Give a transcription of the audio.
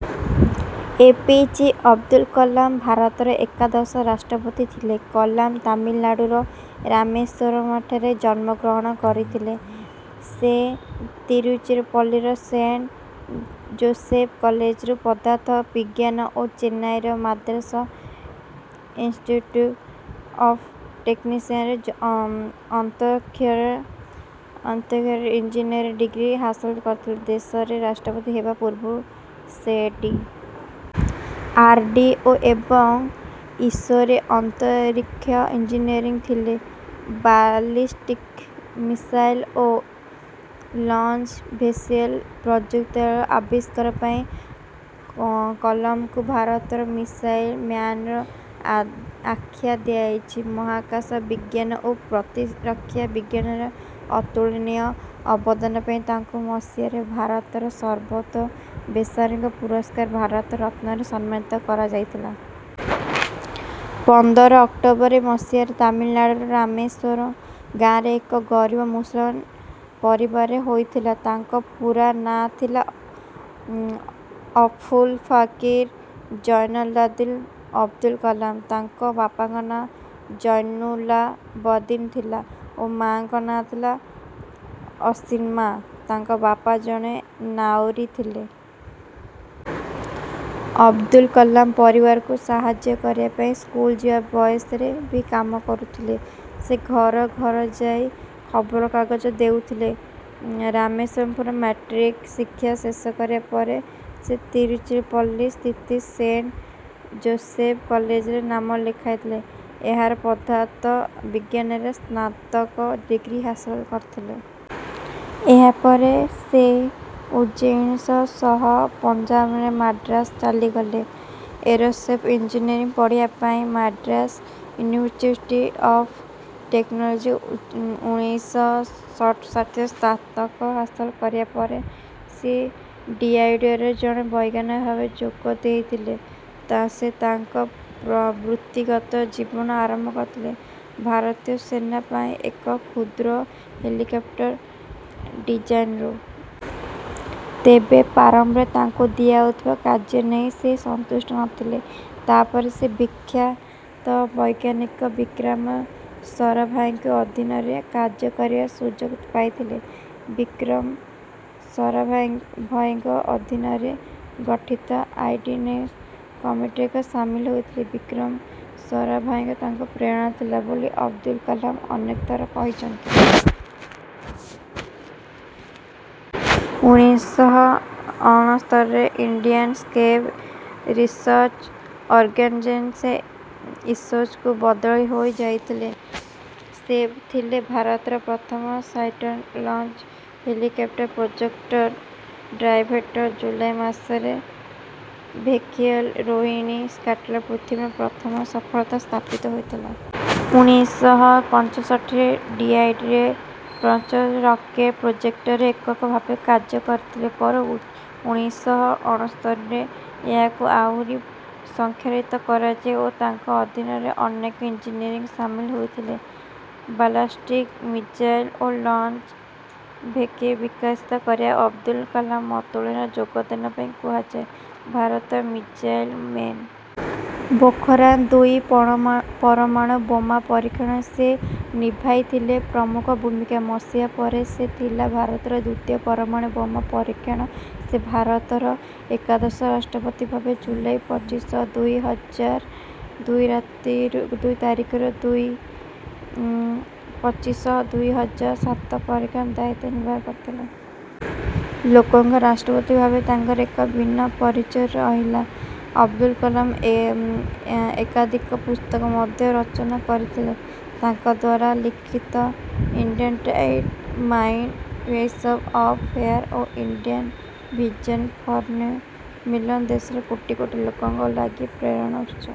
ଏ. P. J. Abdul Kalam ଭାରତର ଏକାଦଶ ରାଷ୍ଟ୍ରପତି ଥିଲେ। କଲାମ ତାମିଲନାଡୁର ରାମେଶ୍ୱରମ୍ଠାରେ ଜନ୍ମଗ୍ରହଣ କରିଥିଲେ। ସେ ତିରୁଚିରପଲ୍ଲୀର ସେଣ୍ଟ ଜୋସେଫ୍ କଲେଜରୁ ପଦାର୍ଥ ବିଜ୍ଞାନ ଓ ଚେନ୍ନାଇର ମାଦ୍ରାସ ଇନ୍ସଟିଚ୍ୟୁଟ୍ ଅଫ୍ ଟେକ୍ନୋଲୋଜିରୁ ଅନ୍ତରୀକ୍ଷ ଇଂଜିନିୟରିଂରେ ଡିଗ୍ରୀ ହାସଲ କରିଛନ୍ତି। ଦେଶର ରାଷ୍ଟ୍ରପତି ହେବା ପୂର୍ବରୁ ସେ ଡି. ଆର୍. ଡି. ଓ ଏବଂ ଇସ୍ରୋରେ ଅନ୍ତରୀକ୍ଷ ଇଂଜିନିୟର ଥିଲେ। ବାଲିଷ୍ଟିକ ମିଶାଇଲ୍ ଓ ଲଞ୍ଚ ଭେହିକିଲ୍ ପ୍ରଯୁକ୍ତିବିଦ୍ୟାର ଆବିଷ୍କାର ପାଇଁ କଲାମଙ୍କୁ ଭାରତର ମିଶାଇଲ୍ ମ୍ୟାନର ଆଖ୍ୟା ଦିଆଯାଇଛି। ମହାକାଶ ବିଜ୍ଞାନ ଏବଂ ପ୍ରତିରକ୍ଷା ବିଜ୍ଞାନରେ ଅତୁଳନୀୟ ଅବଦାନ ପାଇଁ ତାଙ୍କୁ ମସିହାରେ ଭାରତର ସର୍ବୋଚ ବେସାମରିକ ପୁରସ୍କାର ଭାରତ ରତ୍ନରେ ସମ୍ମାନିତ କରା ଯାଇଥିଲା। ପନ୍ଦର ଅକ୍ଟୋବର ମସିହାରେ ତାମିଲନାଡୁର ରାମେଶ୍ୱରମ ଗାଁରେ ଏକ ଗରିବ ମୁସଲମାନ ପରିବାରରେ ହୋଇଥିଲା। ତାଙ୍କ ପୂରା ନାଁ ଥିଲା ଅଭୁଲ ପାକିର ଜୈନୁଲାବଦ୍ଦୀନ ଅବଦୁଲ କଲାମ। ତାଙ୍କ ବାପାଙ୍କ ନାଁ ଜୈନୁଲାବଦ୍ଦୀନ ଥିଲା ଓ ମାଙ୍କ ନାମ ଥିଲା ଅସିଆମ୍ମା। ତାଙ୍କ ବାପା ଜଣେ ନାଉରୀ ଥିଲେ। ଅବଦୁଲ କଲାମ ପରିବାରକୁ ସାହାଯ୍ୟ କରିବା ପାଇଁ ସ୍କୁଲ୍ ଯିବା ବୟସରେ ବି କାମ କରୁଥିଲେ। ସେ ଘର ଘର ଯାଇ ଖବରକାଗଜ ଦେଉଥିଲେ। ରାମନାଥପୁରରେ ମାଟ୍ରିକ ଶିକ୍ଷା ଶେଷ କରିବା ପରେ ସେ ତିରୁଚିରାପଲ୍ଲୀ ସ୍ଥିତ ସେଣ୍ଟ ଯୋଶେଫ କଲେଜରେ ନାମ ଲେଖାଇଥିଲେ। ଏଠାର ପଦାର୍ଥ ବିଜ୍ଞାନରେ ସ୍ନାତକ ଡିଗ୍ରୀ ହାସଲ କରିଥିଲେ। ଏହାପରେ ସେ ଉଣେଇଶ ଶହ ପଞ୍ଚାବନରେ ମାଡ୍ରାସ ଚାଲିଗଲେ ଏରୋସ୍ପେସ୍ ଇଂଜିନିୟରିଂ ପଢ଼ିବା ପାଇଁ। ମାଡ୍ରାସ ଇନଷ୍ଟିଚ୍ୟୁଟ୍ ଅଫ୍ ଟେକ୍ନୋଲୋଜିରୁ ଉଣେଇଶ ଶହ ଷାଠିଏରେ ସ୍ନାତକ ଡିଗ୍ରୀ ହାସଲ କରିବା ପରେ ସେ ଡିଆରଡିଓରେ ଜଣେ ବୈଜ୍ଞାନିକ ଭାବେ ଯୋଗ ଦେଇଥିଲେ। ସେ ତାଙ୍କ ବୃତ୍ତିଗତ ଜୀବନ ଆରମ୍ଭ କରିଥିଲେ ଭାରତୀୟ ସେନା ପାଇଁ ଏକ କ୍ଷୁଦ୍ର ହେଲିକପ୍ଟରର ଡିଜାଇନରୁ। ତେବେ ପ୍ରାରମ୍ଭରେ ତାଙ୍କୁ ଦିଆଯାଉଥିବା କାର୍ଯ୍ୟ ନେଇ ସେ ସନ୍ତୁଷ୍ଟ ନଥିଲେ। ପରେ ସେ ବିଖ୍ୟାତ ବୈଜ୍ଞାନିକ ବିକ୍ରମ ସରାଭାଇଙ୍କ ଅଧୀନରେ କାର୍ଯ୍ୟ କରିବାର ସୁଯୋଗ ପାଇଥିଲେ। ବିକ୍ରମ ସରାଭାଇଙ୍କ ଅଧୀନରେ ଗଠିତ ଆଇଏନସିଓଏସପିଏଆର୍ କମିଟିରେ ସେ ସାମିଲ ହୋଇଥିଲେ। ବିକ୍ରମ ସରାଭାଇ ତାଙ୍କର ପ୍ରେରଣା ଥିଲେ ବୋଲି ଅବଦୁଲ କଲାମ ଅନେକ ଥର କହିଛନ୍ତି। ଉଣେଇଶ ଶହ ଅଣସ୍ତରୀରେ ସେ ଇଣ୍ଡିଆନ୍ ସ୍ପେସ୍ ରିସର୍ଚ୍ଚ ଅର୍ଗାନାଇଜେସନ୍ ବା ଇସ୍ରୋକୁ ବଦଳି ହୋଇ ଯାଇଥିଲେ। ସେ ଥିଲେ ଭାରତର ପ୍ରଥମ ସାଟେଲାଇଟ୍ ଲଞ୍ଚ୍ ଭେହିକିଲ୍ ର ପ୍ରୋଜେକ୍ଟ ଡାଇରେକ୍ଟର। ଜୁଲାଇ ମାସରେ ଏହି ଭେହିକିଲ୍ ରୋହିଣୀ ସାଟେଲାଇଟ୍କୁ ପୃଥିବୀର କକ୍ଷ ପଥରେ ସଫଳତାର ସହିତ ସ୍ଥାପିତ କରିଥିଲା। ଉଣେଇଶ ଶହ ପଞ୍ଚଷଠିରେ ସେ ଡିଆରଡିଓରେ ସଂପ୍ରସାରିତ ରକେଟ୍ ପ୍ରୋଜେକ୍ଟରେ ଏକକ ଭାବେ କାର୍ଯ୍ୟ କରିଥିଲେ। ପରେ ଉଣେଇଶ ଶହ ଅଣସ୍ତରୀରେ ଏହାକୁ ଆହୁରି ସଂପ୍ରସାରିତ କରାଯାଇଥିଲା ଓ ତାଙ୍କ ଅଧୀନରେ ଅନେକ ଇଂଜିନିୟର ସାମିଲ ହୋଇଥିଲେ। ବାଲାଷ୍ଟିକ୍ ମିଜାଇଲ୍ ଓ ଲଞ୍ଚ ଭେହିକିଲ୍ ବିକଶିତ କରିବାରେ ଅବଦୁଲ କଲାମଙ୍କ ଅତୁଳନୀୟ ଯୋଗଦାନ ପାଇଁ ତାଙ୍କୁ କୁହାଯାଏ ଭାରତର ମିଜାଇଲ୍ ମେନ୍। ପୋଖରାନ୍-ଦୁଇ ପରମାଣୁ ବୋମା ପରୀକ୍ଷଣରେ ସେ ନିଭାଇ ଥିଲେ ପ୍ରମୁଖ ଭୂମିକା। ମସିହା ପରେ ଏହା ଥିଲା ଭାରତର ଦ୍ୱିତୀୟ ପରମାଣୁ ବୋମା ପରୀକ୍ଷଣ। ସେ ଭାରତର ଏକାଦଶ ରାଷ୍ଟ୍ରପତି ଭାବେ ଜୁଲାଇ ପଚିଶ ଦୁଇ ହଜାର ଦୁଇ ତାରିଖରୁ ଜୁଲାଇ ପଚିଶ ଦୁଇ ହଜାର ସାତ ପର୍ଯ୍ୟନ୍ତ ଦାୟିତ୍ୱ ନିର୍ବାର୍ହ କରିଥିଲେ। ଲୋକଙ୍କ ରାଷ୍ଟ୍ରପତି ଭାବେ ତାଙ୍କର ଏଭ ଭିନ୍ନ ପରିଚୟ ରହିଥିଲା। ଅବଦୁଲ କଲାମ ଏକାଧିକ ପୁସ୍ତକ ମଧ୍ୟ ରଚନା କରିଛନ୍ତି। ତାଙ୍କଦ୍ୱାରା ଲିଖିତ ignited minds wings of fire ଓ India a vision for the new millennium ଦେଶର କୋଟି କୋଟି ଲୋକଙ୍କ ଲାଗି ପ୍ରେରଣାର ଉତ୍ସ